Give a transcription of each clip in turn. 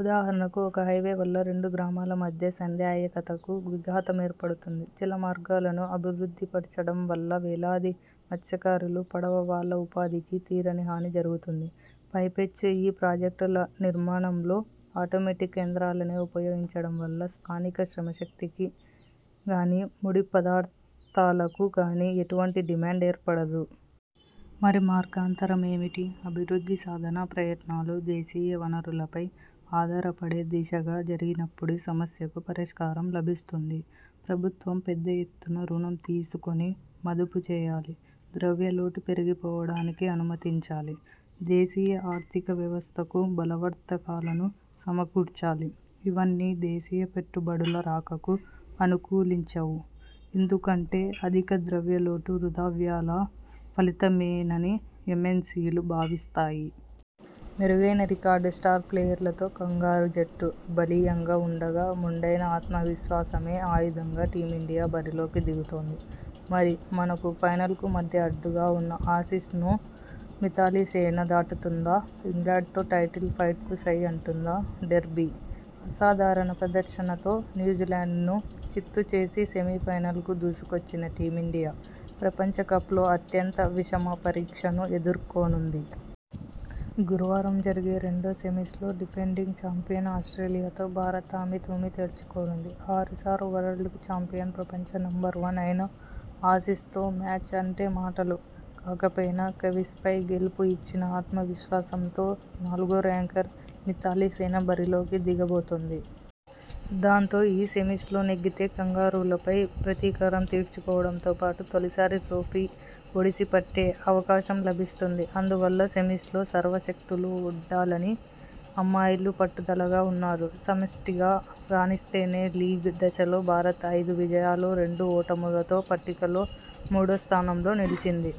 ఉదాహరణకు ఒక హైవే వల్ల రెండు గ్రామాల మధ్య సంధాయకతకు విఘాతమేర్పడుతుంది. జలమార్గాలను అభివృద్ధిపరచడం వల్ల వేలాది మత్స్యకారులు, పడవ వాళ్ళ ఉపాధికి తీరని హాని జరుగుతుంది. పైపెచ్చు ఈ ప్రాజెక్టుల నిర్మాణంలో ఆటోమెటిక్ యంత్రాలనే ఉపయోగించడం వల్ల స్థానిక శ్రమశక్తికి గానీ, ముడి పదార్థాలకు గానీ ఎటువంటి డిమాండ్ ఏర్పడదు. మరి మార్గాంతరమేమిటి? అభివృద్ధి సాధనా ప్రయత్నాలు దేశీయ వనరులపై ఆధారపడేదిశగా జరిగినప్పుడే సమస్యకు పరిష్కారం లభిస్తుంది. ప్రభుత్వం పెద్దఎత్తున రుణం తీసుకొని మదుపుచేయాలి. ద్రవ్యలోటు పెరిగిపోవడానకి అనుమతించాలి. దేశీయ ఆర్థికవ్యవస్థకు బలవర్ధకాలను సమకూర్చాలి. ఇవన్నీ విదేశీ పెట్టుబడుల రాకకు అనుకూలించవు. ఎందుకంటే అధిక ద్రవ్యలోటు వృథావ్యయాల ఫలితమేనని ఎమ్ఎన్సీలు భావిస్తాయి. మెరుగైన రికార్డు స్టార్ ప్లేయర్లతో కంగారూ జట్టు బలీయంగా ఉండగా మెండైన ఆత్మవిశ్వాసమే ఆయుధంగా టీమిండి యా బరిలోకి దిగుతోంది! మరి, మనకు ఫైనల్కు మధ్య అడ్డుగా ఉన్న ఆసీస్ను మిథాలీసేన దాటుతుందా ఇంగ్లండ్తో టైటిల్ ఫైట్కు సై అంటుందా? డెర్బీ: అసాధారణ ప్రదర్శనతో న్యూజిలాండ్ను చిత్తు చేసి సెమీఫైనల్కు దూసుకొచ్చిన టీమిండియా ప్రపంచకప్లో అత్యంత విషమపరీక్షను ఎదుర్కో నుంది. గురువారం జరిగే రెండో సెమీస్లో డిఫెం డింగ్ చాంపియన్ ఆస్ట్రేలియాతో భారత్ అమీతుమీ తేల్చుకోనుంది. ఆరుసార్లు వరల్డ్ చాంపియన్, ప్రపం చ నెంబర్ వన్ అయిన ఆసీస్తో మ్యాచ్ అంటే మా టలు కాకపోయిన కివీస్పై గెలుపు ఇచ్చిన ఆత్మ విశ్వాసంతో నాలుగో ర్యాంకర్ మిథాలీసేన బరిలోకి దిగబోతోంది. దాంతో, ఈ సెమీస్లో నెగ్గితే కంగారూలపై ప్రతీకారం తీర్చుకోవడంతోపాటు తొలిసారి ట్రోఫీ ఒడిసిపట్టే అవకాశం లభిస్తుంది. అందువల్ల సెమీస్లో సర్వ శక్తులూ ఒడ్డాలని అమ్మాయిలు పట్టుదలగా ఉన్నారు. సమష్టిగా రాణిస్తేనే లీగ్ దశలో భారత్ ఐదు విజయాలు, రెండు ఓటములతో పట్టికలో మూడో స్థానంలో నిలిచింది.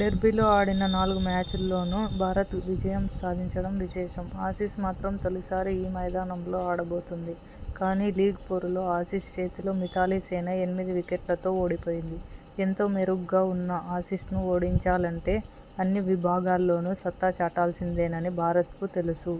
డెర్బీలో ఆడిన నాలుగు మ్యాచ్ల్లోనూ భారత్ విజ యం సాధించడం విశేషం. ఆసీస్ మాత్రం తొలి సారి ఈ మైదానంలో ఆడబోతోంది. కానీ, లీగ్ పోరు లో ఆసీస్ చేతిలో మిథాలీసేన ఎనిమిది వికె ట్లతో ఓడిపోయింది. ఎంతో మెరుగ్గా ఉన్న ఆసీస్ను ఓడిం చాలంటే అన్ని విభాగాల్లోనూ సత్తా చాటాల్సిందేనని భారత్కు తెలుసు.